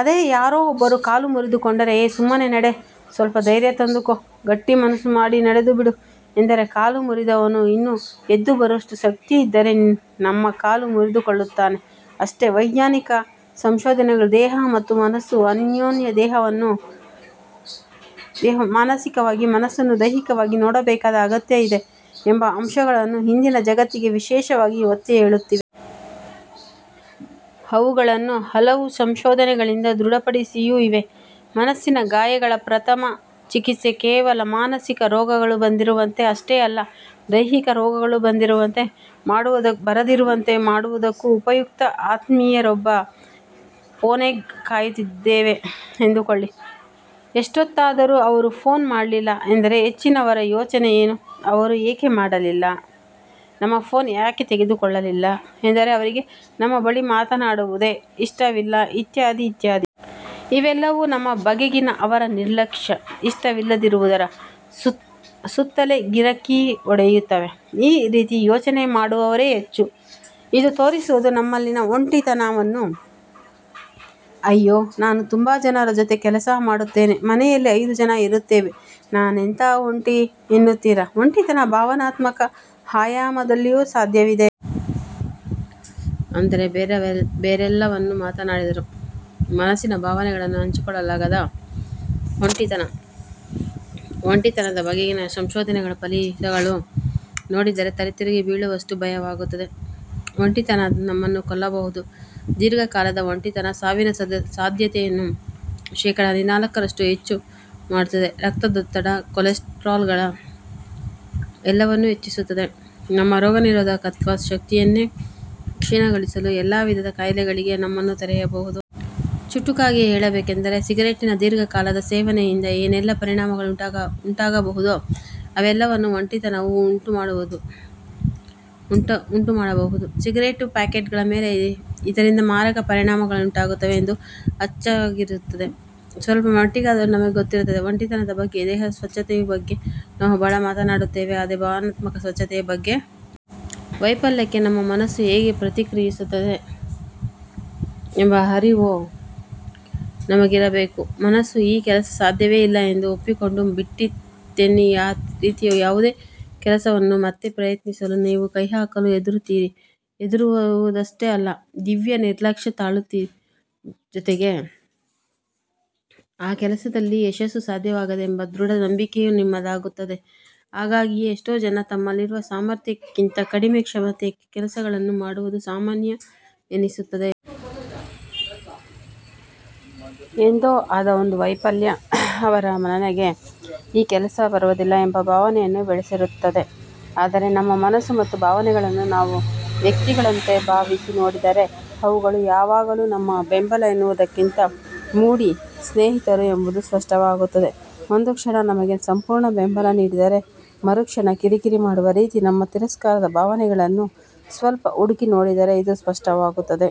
ಅದೇ ಯಾರೋ ಒಬ್ಬರು ಕಾಲು ಮುರಿದುಕೊಂಡರೆ 'ಏ ಸುಮ್ಮನೇ ನಡೆ, ಸ್ವಲ್ಪ ಧೈರ್ಯ ತಂದುಕೋ, ಗಟ್ಟಿ ಮನಸ್ಸು ಮಾಡಿ ನಡೆದು ಬಿಡು' ಎಂದರೆ ಕಾಲು ಮುರಿದವನು ಇನ್ನೂ ಎದ್ದು ಬರುವಷ್ಟು ಶಕ್ತಿಯಿದ್ದರೆ ನಮ್ಮ ಕಾಲು ಮುರಿದುಕೊಳ್ಳುತ್ತಾನೆ, ಅಷ್ಟೆ. ವೈಜ್ಞಾನಿಕ ಸಂಶೋಧನೆಗಳು ದೇಹ ಮತ್ತು ಮನಸ್ಸು ಅನ್ಯೋನ್ಯ, ದೇಹವನ್ನು ಮಾನಸಿಕವಾಗಿ, ಮನಸ್ಸನ್ನು ದೈಹಿಕವಾಗಿ ನೋಡಬೇಕಾದ ಅಗತ್ಯ ಇದೆ ಎಂಬ ಅಂಶಗಳನ್ನು ಇಂದಿನ ಜಗತ್ತಿಗೆ ವಿಶೇಷವಾಗಿ ಒತ್ತಿ ಹೇಳುತ್ತಿವೆ. ಅವುಗಳನ್ನು ಹಲವು ಸಂಶೋಧನೆಗಳಿಂದ ದೃಢಪಡಿಸಿಯೂ ಇವೆ. ಮನಸ್ಸಿನ ಗಾಯಗಳ 'ಪ್ರಥಮ ಚಿಕಿತ್ಸೆ' ಕೇವಲ ಮಾನಸಿಕ ರೋಗಗಳು ಬರದಿರುವಂತೆ ಅಷ್ಟೇ ಅಲ್ಲ, ದೈಹಿಕ ರೋಗಗಳು ಬರದಿರುವಂತೆ ಮಾಡುವುದಕ್ಕೂ ಉಪಯುಕ್ತ. ಆತ್ಮೀಯರೊಬ್ಬರ ಫೋನ್ಗೆ ಕಾಯುತ್ತಿದ್ದೇವೆ, ಎಂದುಕೊಳ್ಳಿ, ಎಷ್ಟೊತ್ತಾದರೂ ಅವರು ಫೋನ್ ಮಾಡಲಿಲ್ಲ ಎಂದರೆ ಹೆಚ್ಚಿನವರ ಯೋಚನೆ ಏನು? ಅವರು ಏಕೆ ಮಾಡಲಿಲ್ಲ, ನಮ್ಮ ಫೋನ್ ಏಕೆ ತೆಗೆದುಕೊಳ್ಳಲಿಲ್ಲ, ಎಂದರೆ ಅವರಿಗೆ ನಮ್ಮ ಬಳಿ ಮಾತನಾಡುವುದೇ ಇಷ್ಟವಿಲ್ಲ ಇತ್ಯಾದಿ ಇತ್ಯಾದಿ. ಇವೆಲ್ಲವೂ ನಮ್ಮ ಬಗೆಗಿನ ಅವರ 'ನಿರ್ಲಕ್ಷ್ಯ', 'ಇಷ್ಟವಿಲ್ಲದಿರುವುದರ' ಸುತ್ತಲೇ ಗಿರಕಿ ಹೊಡೆಯುತ್ತವೆ. ಈ ರೀತಿ ಯೋಚನೆ ಮಾಡುವವರೇ ಹೆಚ್ಚು. ಇದು ತೋರಿಸುವುದು ನಮ್ಮಲ್ಲಿನ 'ಒಂಟಿತನ'ವನ್ನು. 'ಅಯ್ಯೋ ನಾನು ತುಂಬಾ ಜನರ ಜೊತೆ ಕೆಲಸ ಮಾಡುತ್ತೇನೆ, ಮನೆಯಲ್ಲಿ ಐದು ಜನ ಇರುತ್ತೇವೆ ನಾನೆಂಥ ಒಂಟಿ' ಎನ್ನುತ್ತೀರಾ 'ಒಂಟಿತನ' ಭಾವನಾತ್ಮಕ ಆಯಾಮದಲ್ಲಿಯೂ ಸಾಧ್ಯವಿದೆ. ಅಂದರೆ ಬೇರೆಲ್ಲವನ್ನೂ ಮಾತನಾಡಿದರೂ, ಮನಸ್ಸಿನ ಭಾವನೆಗಳನ್ನು ಹಂಚಿಕೊಳ್ಳಲಾಗದ 'ಒಂಟಿತನ'. 'ಒಂಟಿತನ'ದ ಬಗೆಗಿನ ಸಂಶೋಧನೆಗಳ ಫಲಿತಗಳನ್ನು ನೋಡಿದರೆ ತಲೆತಿರುಗಿ ಬೀಳುವಷ್ಟು ಭಯವಾಗುತ್ತದೆ ಒಂಟಿತನ ನಮ್ಮನ್ನು ಕೊಲ್ಲಬಹುದು. ದೀರ್ಘಕಾಲದ ಒಂಟಿತನ ಸಾವಿನ ಸಾಧ್ಯತೆಯನ್ನು ಶೇಖಡ ಹದಿನಾಲ್ಕರಷ್ಟು ಹೆಚ್ಚು ಮಾಡುತ್ತದೆ ರಕ್ತದೊತ್ತಡ, ಕೊಲೆಸ್ಟರಾಲ್ ಎಲ್ಲವನ್ನೂ ಹೆಚ್ಚಿಸುತ್ತದೆ. ನಮ್ಮ ರೋಗನಿರೋಧಕತ್ವ ಶಕ್ತಿಯನ್ನೇ ಕ್ಷೀಣಗೊಳಿಸಿ, ಎಲ್ಲಾ ವಿಧದ ಕಾಯಿಲೆಗಳಿಗೆ ನಮ್ಮನ್ನು ತೆರೆಯಬಹುದು. ಚುಟುಕಾಗಿ ಹೇಳಬೇಕೆಂದರೆ ಸಿಗರೇಟಿನ ದೀರ್ಘ ಕಾಲದ ಸೇವನೆಯಿಂದ ಏನೆಲ್ಲ ಪರಿಣಾಮಗಳು ಉಂಟಾಗಬಹುದೋ ಅವೆಲ್ಲವನ್ನೂ 'ಒಂಟಿತನ'ವೂ ಉಂಟುಮಾಡಬಹುದು. ಸಿಗರೇಟು ಪ್ಯಾಕೆಟ್ಗಳ ಮೇಲೆ 'ಇದರಿಂದ ಮಾರಕ ಪರಿಣಾಮಗಳುಂಟಾಗುತ್ತವೆ' ಎಂಬುದು ಅಚ್ಚಾಗಿರುತ್ತದೆ. ಸ್ವಲ್ಪ ಮಟ್ಟಿಗಾದರೂ ನಮಗೆ ಗೊತ್ತಿರುತ್ತದೆ. 'ಒಂಟಿತನ'ದ ಬಗ್ಗೆ ದೇಹದ ಸ್ವಚ್ಛತೆಯ ಬಗ್ಗೆ ನಾವು ಬಹಳ ಮಾತನಾಡುತ್ತೇವೆ. ಅದೇ ಭಾವನಾತ್ಮಕ ಸ್ವಚ್ಛತೆಯ ಬಗ್ಗೆ? ವೈಫಲ್ಯಕ್ಕೆ ನಮ್ಮ ಮನಸ್ಸು ಹೇಗೆ ಪ್ರತಿಕ್ರಿಯಿಸುತ್ತದೆ ಎಂಬ ಅರಿವು ನಮಗಿರಬೇಕು. ಮನಸ್ಸು 'ಈ ಕೆಲಸ ಸಾಧ್ಯವೇ ಇಲ್ಲ' ಎಂದು ಒಪ್ಪಿಕೊಂಡು ಬಿಟ್ಟಿತೆನ್ನಿ. ಆ ರೀತಿಯ ಯಾವುದೇ ಕೆಲಸವನ್ನು ಮತ್ತೆ ಪ್ರಯತ್ನಿಸಲೂ ನೀವು ಕೈಹಾಕಲು ಹೆದರುತ್ತೀರಿ. ಹೆದರುವುದಷ್ಟೇ ಅಲ್ಲ, ದಿವ್ಯ ನಿರ್ಲಕ್ಷ್ಯ ತಾಳುತ್ತೀರಿ! ಜೊತೆಗೇ ಆ ಕೆಲಸದಲ್ಲಿ ಯಶಸ್ಸು ಸಾಧ್ಯವಾಗದೆಂಬ ದೃಢ ನಂಬಿಕೆಯೂ ನಿಮ್ಮದಾಗುತ್ತದೆ ಹಾಗಾಗಿಯೇ ಎಷ್ಟೋ ಜನ ತಮ್ಮಲ್ಲಿರುವ ಸಾಮರ್ಥ್ಯಕ್ಕಿಂತ ಕಡಿಮೆ ಕ್ಷಮತೆಯ ಕೆಲಸಗಳನ್ನು ಮಾಡುವುದು ಸಾಮಾನ್ಯ ಎನಿಸುತ್ತದೆ. ಎಂದೋ ಆದ ಒಂದು ವೈಫಲ್ಯ ಅವರ 'ನನಗೆ ಈ ಕೆಲಸ ಬರುವುದಿಲ್ಲ' ಎಂಬ ಭಾವನೆಯನ್ನು ಬೆಳೆಸಿರುತ್ತದೆ. ಅಂದರೆ ನಮ್ಮ ಮನಸ್ಸು ಮತ್ತು ಭಾವನೆಗಳನ್ನು ನಾವು 'ವ್ಯಕ್ತಿ'ಗಳಂತೆ ಭಾವಿಸಿ ನೋಡಿದರೆ ಅವುಗಳು ಯಾವಾಗಲೂ ನಮ್ಮ 'ಬೆಂಬಲ' ಎನ್ನುವುದಕ್ಕಿಂತ 'ಮೂಡಿ' ಸ್ನೇಹಿತರು ಎಂಬುದು ಸ್ಪಷ್ಟವಾಗುತ್ತದೆ. ಒಂದು ಕ್ಷಣ ನಮಗೆ ಸಂಪೂರ್ಣ ಬೆಂಬಲ ನೀಡಿದರೆ, ಮರುಕ್ಷಣ ಕಿರಿಕಿರಿ ಮಾಡುವ ರೀತಿ. ನಮ್ಮ 'ತಿರಸ್ಕಾರ'ದ ಭಾವನೆಗಳನ್ನು ಸ್ವಲ್ಪ ಹುಡುಕಿ ನೋಡಿದರೆ ಇದು ಸ್ಪಷ್ಟವಾಗುತ್ತದೆ.